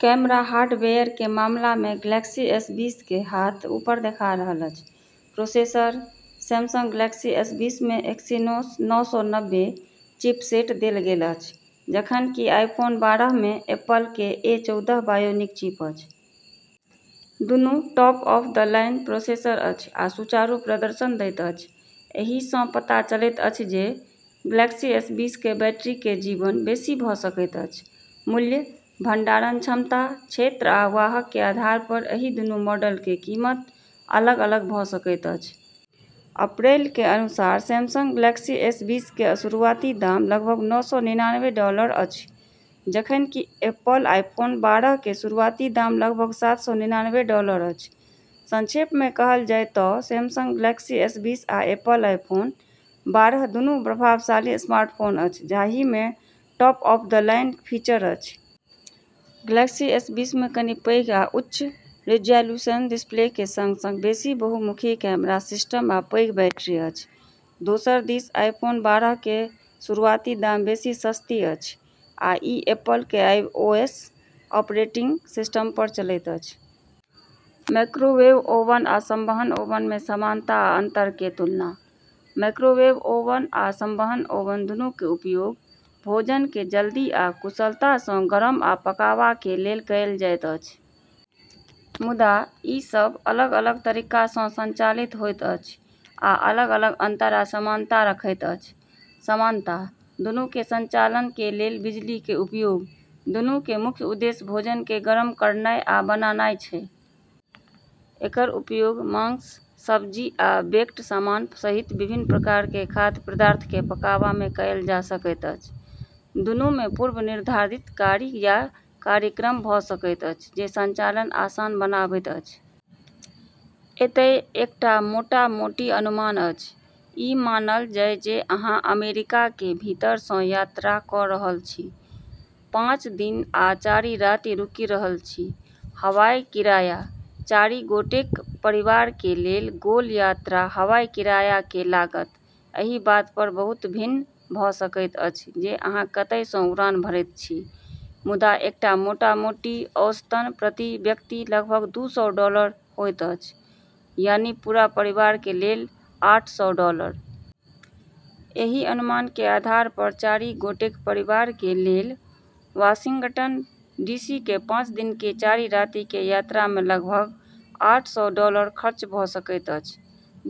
Camera hardware के मामला मे गैलेक्सी एस बीस के हाथ ऊपर देखा रहल अछि। प्रोसेसर: सैमसंग गैलेक्सी एस बीस मे एक्सिनोस नौ सौ नब्बे चिपसेट देल गेल अछि, जखन कि आईफोन बारह मे एप्पल के ए चौदह बायोनिक चिप अछि। दुनू टॉप-ऑफ-द-लाइन प्रोसेसर अछि आ सुचारू प्रदर्शन दैत अछि। एहि सँ पता चलैत अछि जे गैलेक्सी एस बीस के बैटरी के जीवन बेसी भ' सकैत अछि। मूल्य: भंडारण क्षमता, क्षेत्र आ वाहक के आधार पर एहि दूनू मॉडल के कीमत अलग-अलग भ' सकैत अछि। अप्रैल के अनुसार सैमसंग गैलेक्सी एस बीस के शुरुआती दाम लगभग नौ सौ निन्यानबे डॉलर अछि, जखन कि एप्पल आईफोन बारह के शुरुआती दाम लगभग सात सौ निन्यानबे डॉलर अछि। संक्षेप मे कहल जाय त' सैमसंग गैलेक्सी एस बीस आ एप्पल आईफोन बारह दुनू प्रभावशाली स्मार्टफोन अछि जाहि मे टॉप-ऑफ-द-लाइन फीचर अछि। गैलेक्सी एस बीस मे कनि पैघ आ उच्च रिजॉल्यूशन डिस्प्ले के संग-संग बेसी बहुमुखी कैमरा सिस्टम आ पैघ बैटरी अछि। दोसर दिस आईफोन बारह के शुरुआती दाम बेसी सस्ती अछि आ ई एप्पल के आईओएस ऑपरेटिंग सिस्टम पर चलैत अछि। माइक्रोवेव ओवन आ संवहन ओवन मे समानता आ अंतर के तुलना: माइक्रोवेव ओवन आ संवहन ओवन दुनू के उपयोग भोजन के जल्दी आ कुशलता सँ गरम आ पकावा के लेल कएल जायत अछि। मुदा, ई सब अलग-अलग तरीका सँ संचालित होइत अछि आ अलग-अलग अंतर आ समानता रखैत अछि। समानता: दुनू के संचालन के लेल बिजली के उपयोग। दुनू के मुख्य उद्देश्य भोजन के गरम करनाय आ बनानाय छै। एकर उपयोग मांस, सब्जी, आ बेक्ड सामान सहित विभिन्न प्रकार के खाद्य पदार्थ के पकावा मे कएल जा सकैत अछि। दुनू मे पूर्व निर्धारित कार्य या कार्यक्रम भ' सकैत अछि जे संचालन आसान बनाबैत अछि। एतय एकटा मोटा-मोटी अनुमान अछि, ई मानल जाय जे अहाँ अमेरिका के भीतर सँ यात्रा क' रहल छी, पाँच दिन आ चारि राति रुकि रहल छी: हवाई किराया: चारि गोटेक परिवार के लेल गोल-यात्रा हवाई किराया के लागत एहि बात पर बहुत भिन्न भ' सकैत अछि जे अहाँ कतय सँ उड़ान भरैत छी, मुदा एकटा मोटा-मोटी औसतन प्रति व्यक्ति लगभग दू सौ डॉलर होइत अछि, यानी पूरा परिवार के लेल आठ सौ डॉलर। एहि अनुमान के आधार पर चारि गोटेक परिवार के लेल वाशिंगटन डी. सी. के पाँच दिन के चारि राति के यात्रा मे लगभग आठ सौ डॉलर खर्च भ' सकैत अछि,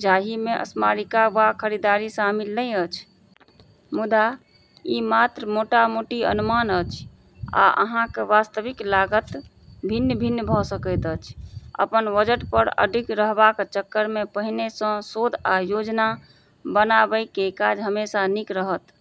जाहि मे स्मारिका वा खरीदारी शामिल नै अछि। मुदा, ई मात्र मोटा-मोटी अनुमान अछि, आ अहाँक वास्तविक लागत भिन्न-भिन्न भ' सकैत अछि। अपन बजट पर अडिग रहबाक चक्कर मे पहिने सँ शोध आ योजना बनाबय के काज हमेशा नीक रहत।